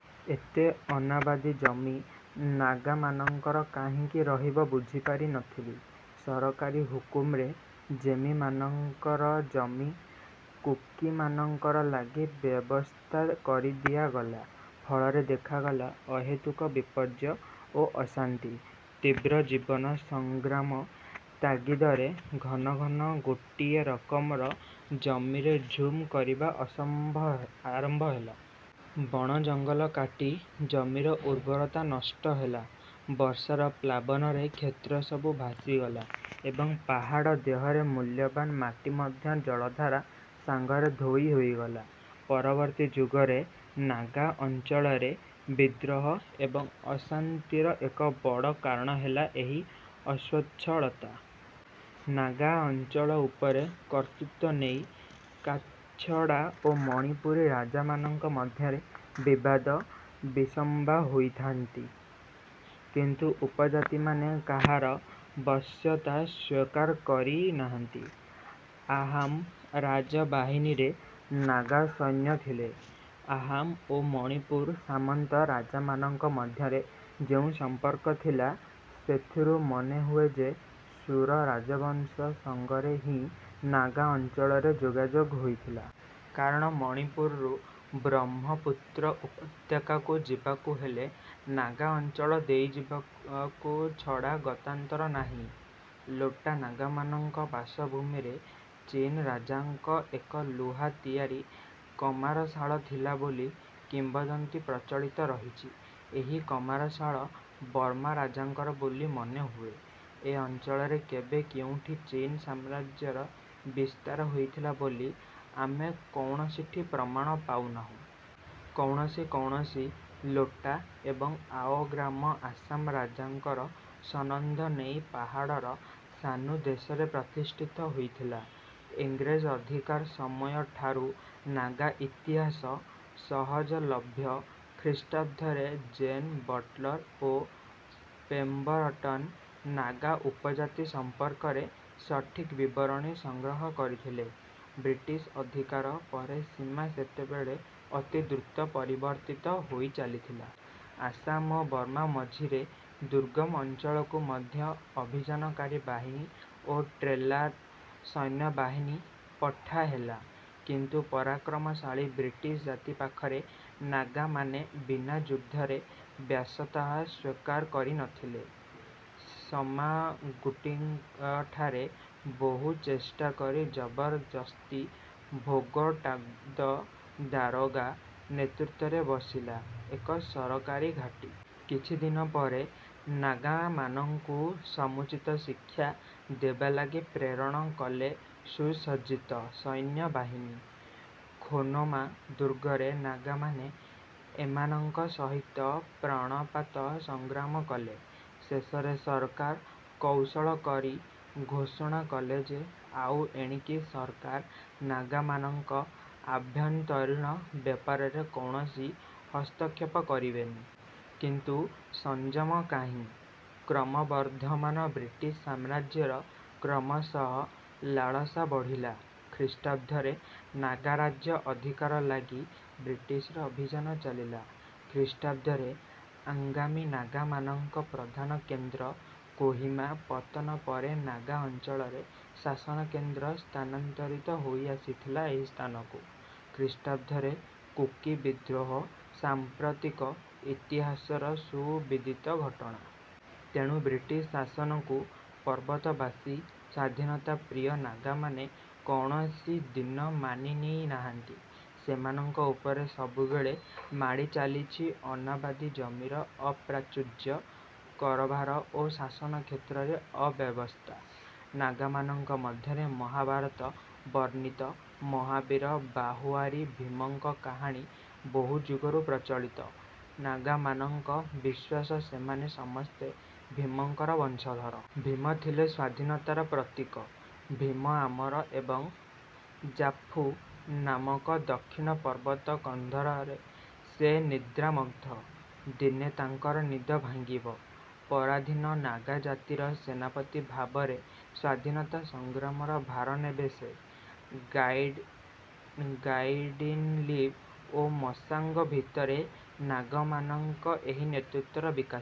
ଏତେ ଅନାବାଦି ଜମି ନାଗାମାନଙ୍କର କାହିଁକି ରହିବ ବୁଝିପାରି ନଥିଲେ। ସରକାରୀ ହୁକୁମରେ ଜେମି ମାନଙ୍କର ଜମି କୁକିମାନଙ୍କର ଲାଗି ବ୍ୟବସ୍ଥା କରିଦିଆଗଲା। ଫଳରେ ଦେଖାଗଲା ଅହେତୁକ ବିପର୍ଯ୍ୟୟ ଓ ଅଶାନ୍ତି। ତୀବ୍ର ଜୀବନ ସଂଗ୍ରାମ ତାଗିଦରେ ଘନ ଘନ ଗୋଟିଏ ରକମର ଜମିରେ ଝୁମ କରିବା ଅସମ୍ଭ ଆରମ୍ଭ ହେଲା। ବଣଜଙ୍ଗଲ କାଟି ଜମିର ଉର୍ବରତା ନଷ୍ଟ ହେଲା। ବର୍ଷାର ପ୍ଲାବନରେ କ୍ଷେତ୍ରସବୁ ଭାସିଗଲା ଏବଂ ପାହାଡ଼ ଦେହରେ ମୂଲ୍ୟବାନ ମାଟି ମଧ୍ୟ ଜଳଧାରା ସାଙ୍ଗରେ ଧୋଇ ହୋଇଗଲା। ପରବର୍ତ୍ତୀ ଯୁଗରେ ନାଗା ଅଞ୍ଚଳରେ ବିଦ୍ରୋହ ଏବଂ ଅଶାନ୍ତିର ଏକ ବଡ଼ କାରଣ ହେଲା ଏହି ଅସ୍ୱଚ୍ଛଳତା। ନାଗା ଅଞ୍ଚଳ ଉପରେ କର୍ତ୍ତୃତ୍ୱ ନେଇ କାଛଡ଼ା ଓ ମଣିପୁରୀ ରାଜାମାନଙ୍କ ମଧ୍ୟରେ ବିବାଦ ବିସମ୍ବା ହୋଇଥାଆନ୍ତି। କିନ୍ତୁ ଉପଜାତିମାନେ କାହାର ବଶ୍ୟତା ସ୍ୱୀକାର କରି ନାହାନ୍ତି। ଆହାମ ରାଜବାହିନୀରେ ନାଗା ସୈନ୍ୟ ଥିଲେ। ଆହାମ ଓ ମଣିପୁର ସାମନ୍ତ ରାଜାମାନଙ୍କ ମଧ୍ୟରେ ଯେଉଁ ସମ୍ପର୍କ ଥିଲା, ସେଥିରୁ ମନେହୁଏ ଯେ ସୁର ରାଜବଂଶ ସଙ୍ଗରେ ହିଁ ନାଗା ଅଞ୍ଚଳରେ ଯୋଗାଯୋଗ ହୋଇଥିଲା। କାରଣ ମଣିପୁରରୁ ବ୍ରହ୍ମପୁତ୍ର ଉପତ୍ୟକାକୁ ଯିବାକୁ ହେଲେ ନାଗା ଅଞ୍ଚଳ ଦେଇଯିବାକୁ ଛଡ଼ା ଗତାନ୍ତର ନାହିଁ। ଲୋଟା ନାଗାମାନଙ୍କ ବାସଭୂମିରେ ଚୀନ ରାଜାଙ୍କ ଏକ ଲୁହା ତିଆରି କମାରଶାଳ ଥିଲା ବୋଲି କିମ୍ବଦନ୍ତୀ ପ୍ରଚଳିତ ରହିଛି। ଏହି କମାରଶାଳ ବର୍ମା ରାଜାଙ୍କର ବୋଲି ମନେହୁଏ। ଏ ଅଞ୍ଚଳରେ କେବେ କେଉଁଠି ଚୀନ ସାମ୍ରାଜ୍ୟର ବିସ୍ତାର ହୋଇଥିଲା ବୋଲି ଆମେ କୌଣସିଠି ପ୍ରମାଣ ପାଉନାହୁଁ। କୌଣସି କୌଣସି ଲୋଟା ଏବଂ ଆଓ ଗ୍ରାମ ଆସାମ ରାଜାଙ୍କର ସନନ୍ଦ ନେଇ ପାହାଡ଼ର ସାନୁଦେଶରେ ପ୍ରତିଷ୍ଠିତ ହୋଇଥିଲା। ଇଂରେଜ ଅଧିକାର ସମୟଠାରୁ ନାଗା ଇତିହାସ ସହଜଲଭ୍ୟ। ଖ୍ରୀଷ୍ଟାବ୍ଦରେ ଜେନ୍‍ ବଟଲର ଓ ପେମ୍ବରଟନ୍ ନାଗା ଉପଜାତି ସମ୍ପର୍କରେ ସଠିକ ବିବରଣୀ ସଂଗ୍ରହ କରିଥିଲେ। ବ୍ରିଟିଶ ଅଧିକାର ପରେ ସୀମା ସେତେବେଳେ ଅତି ଦ୍ରୁତ ପରିବର୍ତ୍ତିତ ହୋଇଚାଲିଥିଲା। ଆସାମ ଓ ବର୍ମା ମଝିରେ ଦୁର୍ଗମ ଅଞ୍ଚଳକୁ ମଧ୍ୟ ଅଭିଯାନକାରୀ ବାହିନୀ ଓ ଟ୍ରେଲା ସୈନ୍ୟବାହିନୀ ପଠାହେଲା; କିନ୍ତୁ ପରାକ୍ରମଶାଳୀ ବ୍ରିଟିଶ ଜାତି ପାଖରେ ନାଗାମାନେ ବିନା ଯୁଦ୍ଧରେ ବ୍ୟାଶତାଃ ସ୍ୱୀକାର କରିନଥିଲେ। ସମାଗୁଟିଙ୍କଠାରେ ବହୁ ଚେଷ୍ଟା କରି ଜବରଜସ୍ତି ଭୋଗଟାଦ ଦାରୋଗା ନେତୃତ୍ୱରେ ବସିଲା ଏକ ସରକାରୀ ଘାଟୀ। କିଛିଦିନ ପରେ ନାଗାମାନଙ୍କୁ ସମୁଚିତ ଶିକ୍ଷା ଦେବା ଲାଗି ପ୍ରେରଣ କଲେ ସୁସଜ୍ଜିତ ସୈନ୍ୟବାହିନୀ। ଖୋନୋମା ଦୁର୍ଗରେ ନାଗାମାନେ ଏମାନଙ୍କ ସହିତ ପ୍ରଣପାତ ସଂଗ୍ରାମ କଲେ। ଶେଷରେ ସରକାର କୌଶଳ କରି ଘୋଷଣା କଲେ ଯେ ଆଉ ଏଣିକି ସରକାର ନାଗାମାନଙ୍କ ଆଭ୍ୟନ୍ତରୀଣ ବ୍ୟାପାରରେ କୌଣସି ହସ୍ତକ୍ଷେପ କରିବେନି। କିନ୍ତୁ ସଂଯମ କାହିଁ? କ୍ରମବର୍ଦ୍ଧମାନ ବ୍ରିଟିଶ ସାମ୍ରାଜ୍ୟର କ୍ରମଶଃ ଲାଳସା ବଢ଼ିଲା। ଖ୍ରୀଷ୍ଟାବ୍ଦରେ ନାଗାରାଜ୍ୟ ଅଧିକାର ଲାଗି ବ୍ରିଟିଶର ଅଭିଯାନ ଚାଲିଲା। ଖ୍ରୀଷ୍ଟାବ୍ଦରେ ଆଙ୍ଗାମି ନାଗାମାନଙ୍କ ପ୍ରଧାନ କେନ୍ଦ୍ର କୋହିମା ପତନ ପରେ ନାଗା ଅଞ୍ଚଳରେ ଶାସନକେନ୍ଦ୍ର ସ୍ଥାନାନ୍ତରିତ ହୋଇଆସିଥିଲା ଏହି ସ୍ଥାନକୁ। ଖ୍ରୀଷ୍ଟାବ୍ଦରେ କୁକି ବିଦ୍ରୋହ ସାମ୍ପ୍ରତିକ ଇତିହାସର ସୁବିଦିତ ଘଟଣା। ତେଣୁ ବ୍ରିଟିଶ ଶାସନକୁ ପର୍ବତବାସୀ ସ୍ୱାଧୀନତାପ୍ରିୟ ନାଗାମାନେ କୌଣସିଦିନ ମାନି ନେଇ ନାହାନ୍ତି। ସେମାନଙ୍କ ଉପରେ ସବୁବେଳେ ମାଡ଼ି ଚାଲିଛି ଅନାବାଦି ଜମିର ଅପ୍ରାଚୁର୍ଯ୍ୟ, କରଭାର ଓ ଶାସନକ୍ଷେତ୍ରରେ ଅବ୍ୟବସ୍ଥା। ନାଗାମାନଙ୍କ ମଧ୍ୟରେ ମହାଭାରତ ବର୍ଣ୍ଣିତ ମହାବୀର ବହୁଆହାରୀ ଭୀମଙ୍କ କାହାଣୀ ବହୁଯୁଗରୁ ପ୍ରଚଳିତ। ନାଗାମାନଙ୍କ ବିଶ୍ୱାସ—ସେମାନେ ସମସ୍ତେ ଭୀମଙ୍କର ବଂଶଧର। ଭୀମ ଥିଲେ ସ୍ୱାଧୀନତାର ପ୍ରତୀକ। ଭୀମ ଆମର ଏବଂ ଜାଫୁ ନାମକ ଦକ୍ଷିଣ ପର୍ବତକନ୍ଦରରେ ସେ ନିଦ୍ରାମୁଗ୍ଧ। ଦିନେ ତାଙ୍କର ନିଦ ଭାଙ୍ଗିବ, ପରାଧୀନ ନାଗାଜାତିର ସେନାପତି ଭାବରେ ସ୍ୱାଧୀନତା ସଂଗ୍ରାମର ଭାର ନେବେ ସେ। ଗାଇଡ଼୍ ଗାଇଡିନଲି ଓ ମାଶାଙ୍ଗ ଭିତରେ ନାଗାମାନଙ୍କ ଏହି ନେତୃତ୍ୱର ବିକାଶ।